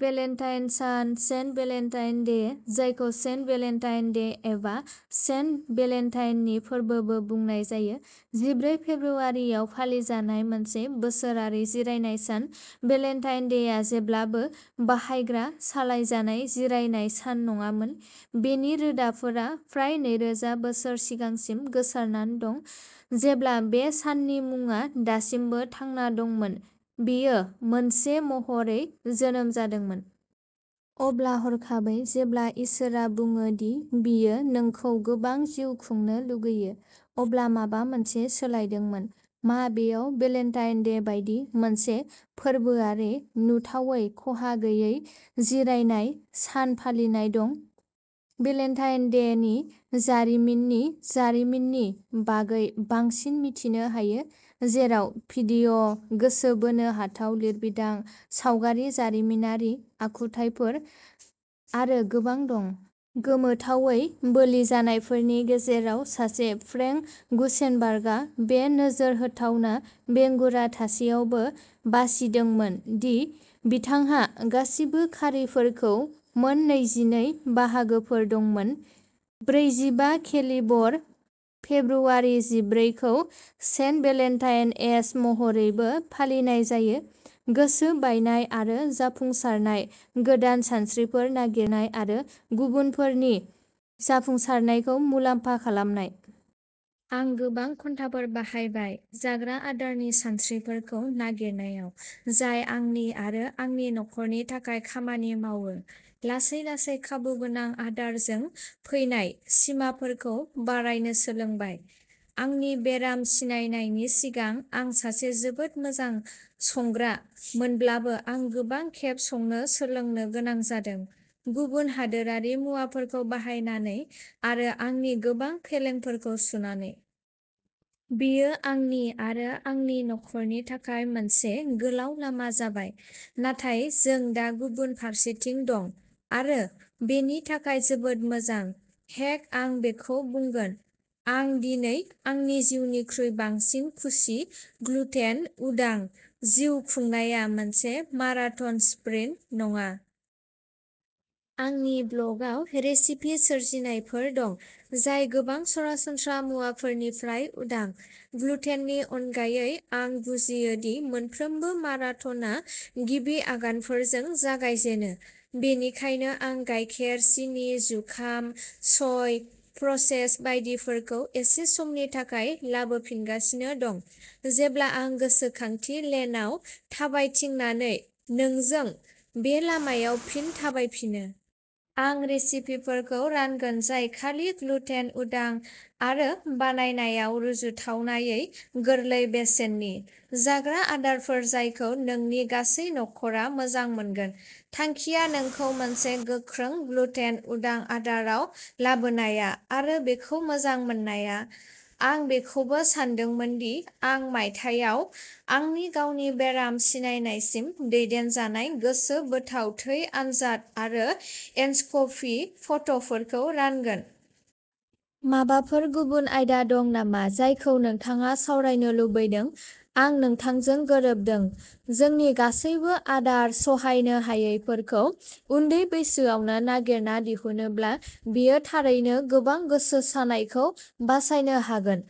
Valentine सान, Saint Valentine Day, जायखौ Saint Valentine Day एबा सेन्ट भेलेन्टाइननि फोरबोबो बुंनाय जायो, जिब्रै फेब्रुवारियाव फालिजानाय मोनसे बोसोरारि जिरायनाय सान। भेलेन्टाइन डेआ जेब्लाबो बाहायग्रा-सालायजानाय जिरायनाय सान नङामोन बेनि रोदाफोरा फ्राय नैरोजा बोसोर सिगांसिम गोसारना दं जेब्ला बे साननि मुङा दासिमबो थांना दंमोन, बेयो मोनसे महरै जोनोम जादोंमोन। अब्ला हरखाबै जेब्ला इसोरा बुङो दि बियो नोंखौ गोबां जिउ खांनो लुगैयो, अब्ला माबा मोनसे सोलायदोंमोन, मा बेयाव भेलेन्टाइन डे बायदि मोनसे फोरबोआरि, नुथावै खहा गैयै जिरायनाय सान फालिनाय दं? भेलेन्टाइन डेनि जारिमिननि जारिमिननि बागै बांसिन मिथिनो हायो, जेराव भिडिअ, गोसो बोनो हाथाव लिरबिदां, सावगारि, जारिमिनारि आखुथायफोर आरो गोबां दं। गोमोथावै, बोलिजानायफोरनि गेजेराव सासे, फ्रेंक गुसेनबार्गआ बे नोजोर होथावना बेंगुरा थासेयावबो बासिदोंमोन दि बिथांहा गासिबो खारिफोरखौ मोन नैजिनै बाहागोफोर दंमोन। ब्रैजिबा-केलिबर फेब्रुवारि जिब्रै खौ सेन्ट भेलेन्टाइन एस महरैबो फालिनाय जायो। गोसो बायनाय आरो जाफुंसारनाय, गोदान सानस्रिफोर नागिरनाय, आरो गुबुनफोरनि जाफुंसारनायखौ मुलामफा खालामनाय। आं गोबां घन्टाफोर बाहायबाय जाग्रा आदारनि सानस्रिफोरखौ नागिरनायाव जाय आंनि आरो आंनि नखरनि थाखाय खामानि मावो, लासै-लासै खाबुगोनां आदारजों फैनाय सिमाफोरखौ बारायनो सोलोंबाय। आंनि बेराम सिनायनायनि सिगां आं सासे जोबोद मोजां संग्रा मोनब्लाबो आं गोबां खेब संनो सोलोंनो गोनां जादों, गुबुन हादोरारि मुवाफोरखौ बाहायनानै आरो आंनि गोबां फेलेंफोरखौ सुनानै। बेयो आंनि आरो आंनि नखरनि थाखाय मोनसे गोलाव लामा जाबाय, नाथाय जों दा गुबुन फारसेथिं दं आरो बेनि थाखाय जोबोद मोजां। हेक आं बेखौ बुंगोन। आं दिनै आंनि जिउनिख्रुइ बांसिन खुसि ग्लुटेन-उदां जिउ खुंनाया मोनसे माराथन, स्प्रिन्ट नङा। आंनि ब्लग आव रेसिपि सोरजिनायफोर दं जाय गोबां सरासनस्रा मुवाफोरनिफ्राय उदां। ग्लुटेननि अनगायै आं बुजियो दि मोनफ्रोमबो माराथनआ गिबि आगानफोरजों जागायजेनो, बेनिखायनो आं गाइखेर, सिनि, जुखाम, सय, प्रसेस्ड बायदिफोरखौ एसे समनि थाखाय लाबोफिनगासिनो दं, जेब्ला आं गोसोखांथि लेनआव थाबायथिंनानै नोंजों बे लामायाव फिन थाबायफिनो। आं रेसिपिफोरखौ रानगोन जाय खालि ग्लुटेन-उदां आरो बानायनायाव रुजुथावनायै गोरलै बेसेननि, जाग्रा आदारफोर जायखौ नोंनि गासै नखरा मोजां मोनगोन। थांखिया नोंखौ मोनसे गोख्रों ग्लुटेन-उदां आदाराव लाबोनाया आरो बेखौ मोजां मोननाया। आं बेखौबो सानदोंमोन दि आं मायथाइयाव आंनि गावनि बेराम सिनायनायसिम दैदेनजानाय गोसोबोथाव थै आनजाद आरो एन्डस्कपि फट'फोरखौ रानगोन। माबाफोर गुबुन आयदा दं नामा जायखौ नोंथाङा सावरायनो लुबैदों? आं नोंथांजों गोरोबदों। जोंनि गासैबो आदार सहायनो हायैफोरखौ उन्दै बैसोआवनो नागिरना दिहुनोब्ला बेयो थारैनो गोबां "गोसो सानाय" खौ बासायनो हागोन।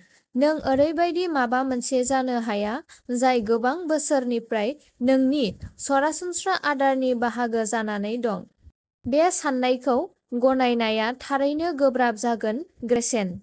नों ओरैबायदि माबा मोनसे जानो हाया, जाय गोबां बोसोरनिफ्राय नोंनि सरासनस्रा आदारनि बाहागो जानानै दं, बे साननायखौ गनायनाया थारैनो गोब्राब जागोन ग्रेचेन।